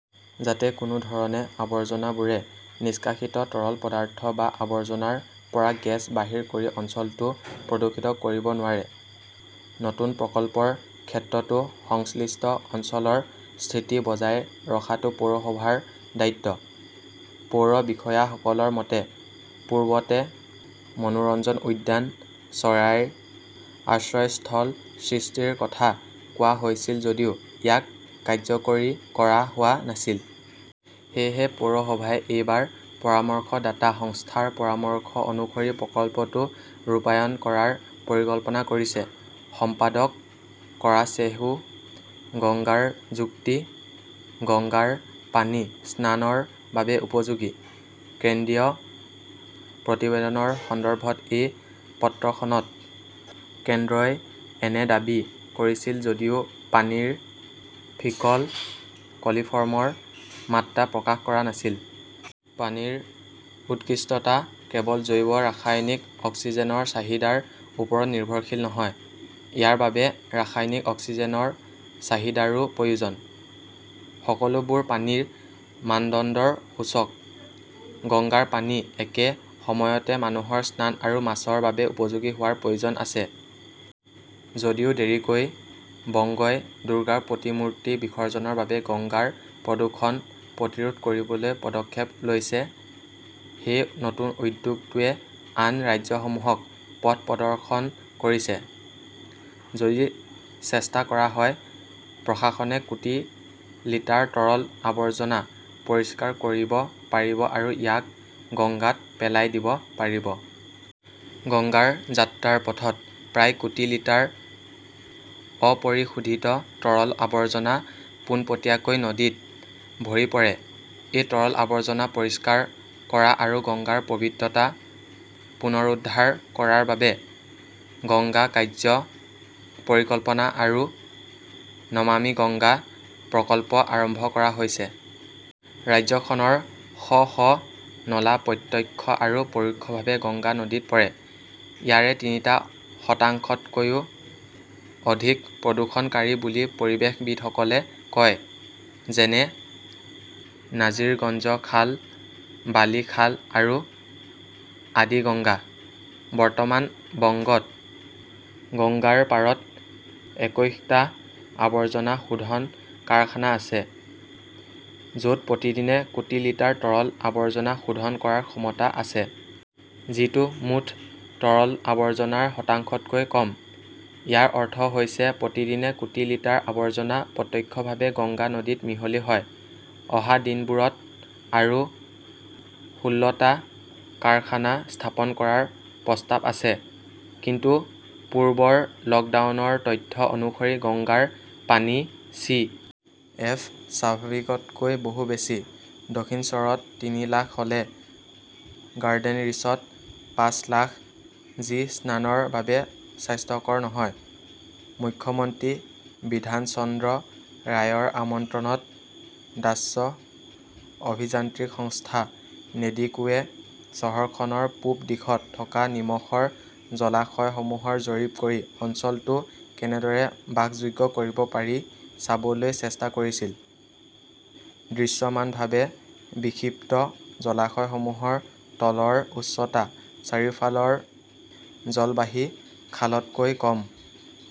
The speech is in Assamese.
যাতে কোনো ধৰণে আৱৰ্জনাবোৰে নিষ্কাশিত তৰল পদাৰ্থ বা আৱৰ্জনাৰ পৰা গেছ বাহিৰ কৰি অঞ্চলটো প্ৰদূষিত কৰিব নোৱাৰে। নতুন প্ৰকল্পৰ ক্ষেত্ৰতো সংশ্লিষ্ট অঞ্চলৰ স্থিতি বজাই ৰখাটো পৌৰসভাৰ দায়িত্ব। পৌৰ বিষয়াসকলৰ মতে, পূৰ্বতে মনোৰঞ্জন উদ্যান, চৰাইৰ আশ্ৰয়স্থল সৃষ্টিৰ কথা কোৱা হৈছিল যদিও ইয়াক কাৰ্যকৰী কৰা হোৱা নাছিল। সেয়েহে পৌৰসভাই এইবাৰ পৰামৰ্শদাতা সংস্থাৰ পৰামৰ্শ অনুসৰি প্ৰকল্পটো ৰূপায়ণ কৰাৰ পৰিকল্পনা কৰিছে। সম্পাদক কৰাচেশুঃ গংগাৰ যুক্তি, "গংগাৰ পানী স্নানৰ বাবে উপযোগী, কেন্দ্ৰীয় প্ৰতিবেদনৰ সন্দৰ্ভত এই পত্ৰখনত কেন্দ্ৰই এনে দাবী কৰিছিল যদিও পানীৰ 'ফিকল কলিফৰ্মৰ' মাত্ৰা প্ৰকাশ কৰা নাছিল। পানীৰ উৎকৃষ্টতা কেৱল জৈৱ ৰাসায়নিক অক্সিজেনৰ চাহিদাৰ ওপৰত নিৰ্ভৰশীল নহয়, ইয়াৰ বাবে ৰাসায়নিক অক্সিজেনৰ চাহিদাৰো প্ৰয়োজন। সকলোবোৰ পানীৰ মানদণ্ডৰ সূচক। গংগাৰ পানী একে সময়তে মানুহৰ স্নান আৰু মাছৰ বাবে উপযোগী হোৱাৰ প্ৰয়োজন আছে। যদিও দেৰিকৈ, বংগই দুৰ্গাৰ প্ৰতিমূৰ্তি বিসৰ্জনৰ বাবে গংগাৰ প্ৰদূষণ প্ৰতিৰোধ কৰিবলৈ পদক্ষেপ লৈছে। সেই নতুন উদ্যোগটোৱে আন ৰাজ্যসমূহক পথ প্ৰদৰ্শন কৰিছে। যদি চেষ্টা কৰা হয়, প্ৰশাসনে কোটি লিটাৰ তৰল আৱৰ্জনা পৰিষ্কাৰ কৰিব পাৰিব আৰু ইয়াক গঙ্গাত পেলাই দিব পাৰিব। গংগাৰ যাত্ৰাৰ পথত প্ৰায় কোটি লিটাৰ অপৰিশোধিত তৰল আৱৰ্জনা পোনপটীয়াকৈ নদীত ভৰি পৰে। এই তৰল আৱৰ্জনা পৰিষ্কাৰ কৰা আৰু গংগাৰ পৱিত্ৰতা পুনৰুদ্ধাৰ কৰাৰ বাবে "গংগা কাৰ্য্য পৰিকল্পনা" আৰু "নমামি গংগা" প্ৰকল্প আৰম্ভ কৰা হৈছে। ৰাজ্যখনৰ শ শ নলা প্ৰত্যক্ষ আৰু পৰোক্ষভাৱে গংগা নদীত পৰে। ইয়াৰে তিনিটা শতাংশতকৈও অধিক প্ৰদূষণকাৰী বুলি পৰিৱেশবিদসকলে কয়। যেনে-নাজিৰগঞ্জ খাল, বালি খাল আৰু আদি গংগা। বৰ্তমান বংগত গংগাৰ পাৰত একৈশটা আৱৰ্জনা শোধন কাৰখানা আছে, য'ত প্ৰতিদিনে কোটি লিটাৰ তৰল আৱৰ্জনা শোধন কৰাৰ ক্ষমতা আছে। যিটো মুঠ তৰল আৱৰ্জনাৰ শতাংশতকৈ কম। ইয়াৰ অৰ্থ হৈছে প্ৰতিদিনে কোটি লিটাৰ আৱৰ্জনা প্ৰত্যক্ষভাৱে গংগা নদীত মিহলি হয়। অহা দিনবোৰত আৰু ষোল্লটা কাৰখানা স্থাপন কৰাৰ প্ৰস্তাৱ আছে। কিন্তু পূৰ্বৰ লকডাউনৰ তথ্য অনুসৰি গংগাৰ পানীত চি. এফ. স্বাভাৱিকতকৈ বহু বেছি। দক্ষিণশ্বৰত তিনি লাখ হ'লে গাৰ্ডেনৰিছত পাঁচ লাখ, যি স্নানৰ বাবে স্বাস্থ্যকৰ নহয়।" মুখ্যমন্ত্ৰী বিধান চন্দ্ৰ ৰায়ৰ আমন্ত্ৰণত ডাচ্চ অভিযান্ত্ৰিক সংস্থা নেডিকোৱে চহৰখনৰ পূব দিশত থকা নিমখৰ জলাশয়সমূহৰ জৰীপ কৰি অঞ্চলটো কেনেদৰে বাসযোগ্য কৰিব পাৰি চাবলৈ চেষ্টা কৰিছিল। দৃশ্যমানভাৱে, বিক্ষিপ্ত জলাশয়সমূহৰ তলৰ উচ্চতা চাৰিওফালৰ জলবাহী খালতকৈ কম।